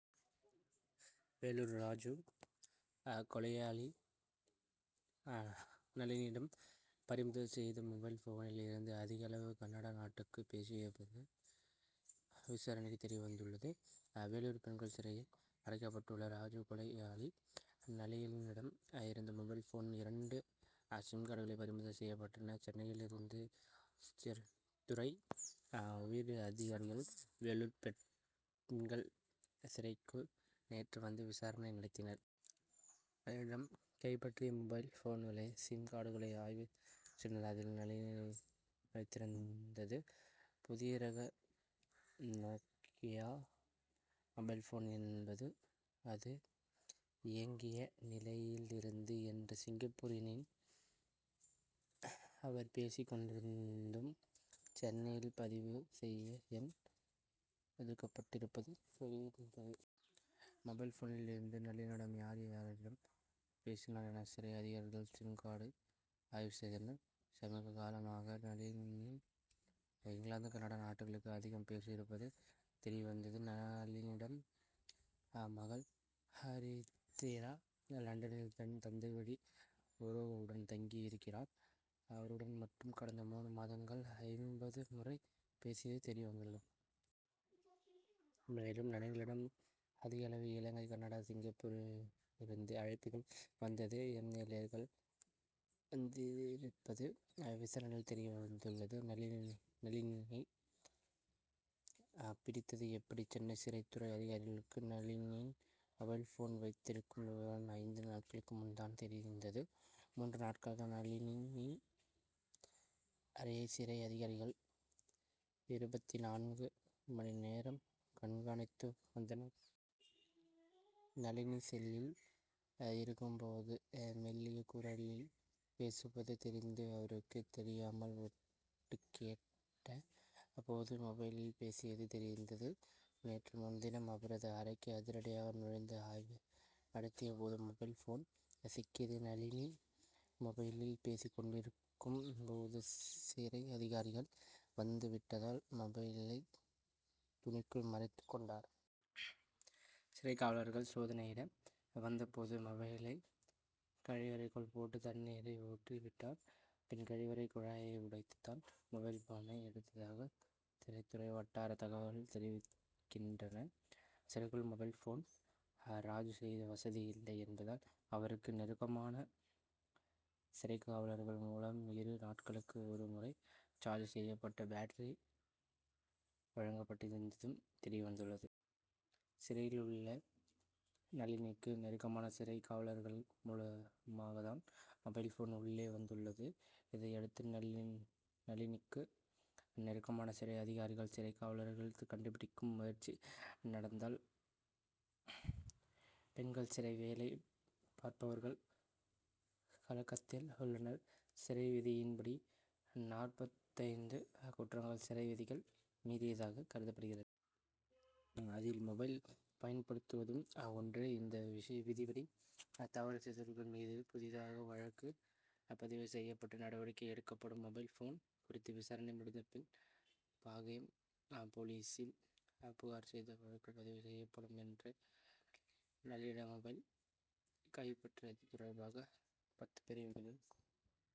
வேலூர் ராஜிவ் கொலையாளி நளினியிடம் பறிமுதல் செய்த மொபைல் போனில் இருந்து அதிகளவு கனடா நாட்டுக்கு பேசியிருப்பது விசாரணையில் தெரிய வந்துள்ளது. வேலூர் பெண்கள் சிறையில் அடைக்கப்பட்டுள்ள ராஜிவ் கொலையாளி நளினியிடம் இருந்து மொபைல் போன் இரண்டு சிம்கார்டுகள் பறிமுதல் செய்யப்பட்டன. சென்னையில் இருந்து சிறைத்துறை உயர் அதிகாரிகள் வேலூர் பெண்கள் சிறைக்கு நேற்று வந்து விசாரணை நடத்தினர். நளினியிடம் கைப்பற்றிய மொபைல் போன்கள் சிம் கார்டுகளை ஆய்வு செய்தனர். அதில் நளினி வைத்திருந்தது புதிய ரக நோக்கிய மொபைல் போன் என்பதும் அது இயங்கிய நிலையில் இருந்து என்றும் சிங்கப்பூர் எண்ணில் அவர் பேசிக் கொண்டிருந்ததும் சென்னையில் பதிவு செய்த எண் ஒதுக்கப்பட்டிருப்பதும் தெரிந்தது. மொபைல் போனில் இருந்து நளினி யார் யாரிடம் பேசினார் என சிறை அதிகாரிகள் சிம்கார்டு ஆய்வு செய்தனர். சமீபகாலமாக நளினி இங்கிலாந்து கனடா நாடுகளுக்கு அதிகம் பேசியிருப்பது தெரிய வந்தது. நளினியிடம் மகள் ஹரித்திரா லண்டனில் தன் தந்தைவழி உறவினர்களுடன் தங்கி இருக்கிறார். அவருடன் மட்டும் கடந்த மூன்று மாதங்கள் ஐம்பது முறை பேசியதும் தெரிய வந்துள்ளது. மேலும் நளினியிடம் அதிகளவில் இலங்கை கனடா சிங்கப்பூரில் இருந்து அழைப்புகள் வந்தது. எம். எஸ்.கள் வந்திருப்பதும் விசாரணையில் தெரிய வந்துள்ளது. நளினியை பிடித்தது எப்படி? சென்னை சிறைத்துறை அதிகாரிகளுக்கு நளினி மொபைல் போன் வைத்திருக்கும் விவரம் ஐந்து நாட்களுக்கு முன் தான் தெரிந்தது. மூன்று நாட்களாக நளினி அறையை சிறை அதிகாரிகள் இருபத்திநான்கு மணி நேரம் கண்காணித்து வந்தனர். நளினி செல்லில் இருக்கும் போது மெல்லிய குரலில் பேசுவது தெரிந்ததும் அவருக்கு தெரியாமல் ஒட்டுக்கேட்ட போது மொபைலில் பேசியது தெரிந்தது. நேற்று முன்தினம் அவரது அறைக்கு அதிரடியாக நுழைந்து ஆய்வு நடத்திய போது மொபைல் போன் சிக்கியது. நளினி மொபைலில் பேசிக் கொண்டிருக்கும் போது சிறை அதிகாரிகள் வந்து விட்டதால் மொபைலை துணிக்குள் மறைத்துக் கொண்டார். சிறைக் காவலர்கள் சோதனையிட வந்த போது மொபைலை கழிவறைக்குள் போட்டு தண்ணீரை ஊற்றி விட்டார். பின் கழிவறை குழாயை உடைத்து தான் மொபைல் போனை எடுத்ததாக சிறைத்துறை வட்டார தகவல்கள் தெரிவிக்கின்றன. சிறைக்குள் மொபைல் போன் சார்ஜ் செய்யும் வசதி இல்லை என்பதால் அவருக்கு நெருக்கமான சிறைக்காவலர்கள் மூலம் இரு நாட்களுக்கு ஒரு முறை சார்ஜ் செய்யப்பட்ட பேட்டரி வழங்கப்பட்டிருந்ததும் தெரிய வந்துள்ளது. சிறையில் உள்ள நளினிக்கு நெருக்கமான சிறைக் காவலர்கள் மூலமாகத்தான் மொபைல் போன் உள்ளே வந்துள்ளது. இதையடுத்து நளினிக்கு நெருக்கமான சிறை அதிகாரிகள் சிறைக் காவலர்களை கண்டுபிடிக்கும் முயற்சி நடந்தால் பெண்கள் சிறை வேலை பார்ப்பவர்கள் கலக்கத்தில் உள்ளனர். சிறை விதிகளின்படி நாற்பத்தைந்து குற்றங்கள் சிறை விதிகள் மீறியதாக கருதப்படுகிறது. அதில் மொபைல் பயன்படுத்துவதும் ஒன்று. இந்த விதிபடி தவறு செய்தவர்கள் மீது புதிதாக வழக்கு பதிவு செய்யப்பட்டு நடவடிக்கை எடுக்கப்படும். மொபைல் போன் குறித்து விசாரணை முடிந்த பின் பாகயம் போலீசில் புகார் செய்து வழக்கு பதிவு செய்யப்படும் என்றும் நளினியிடம் மொபைல் கைப்பற்றியது தொடர்பாக பத்து பிரிவுகளின்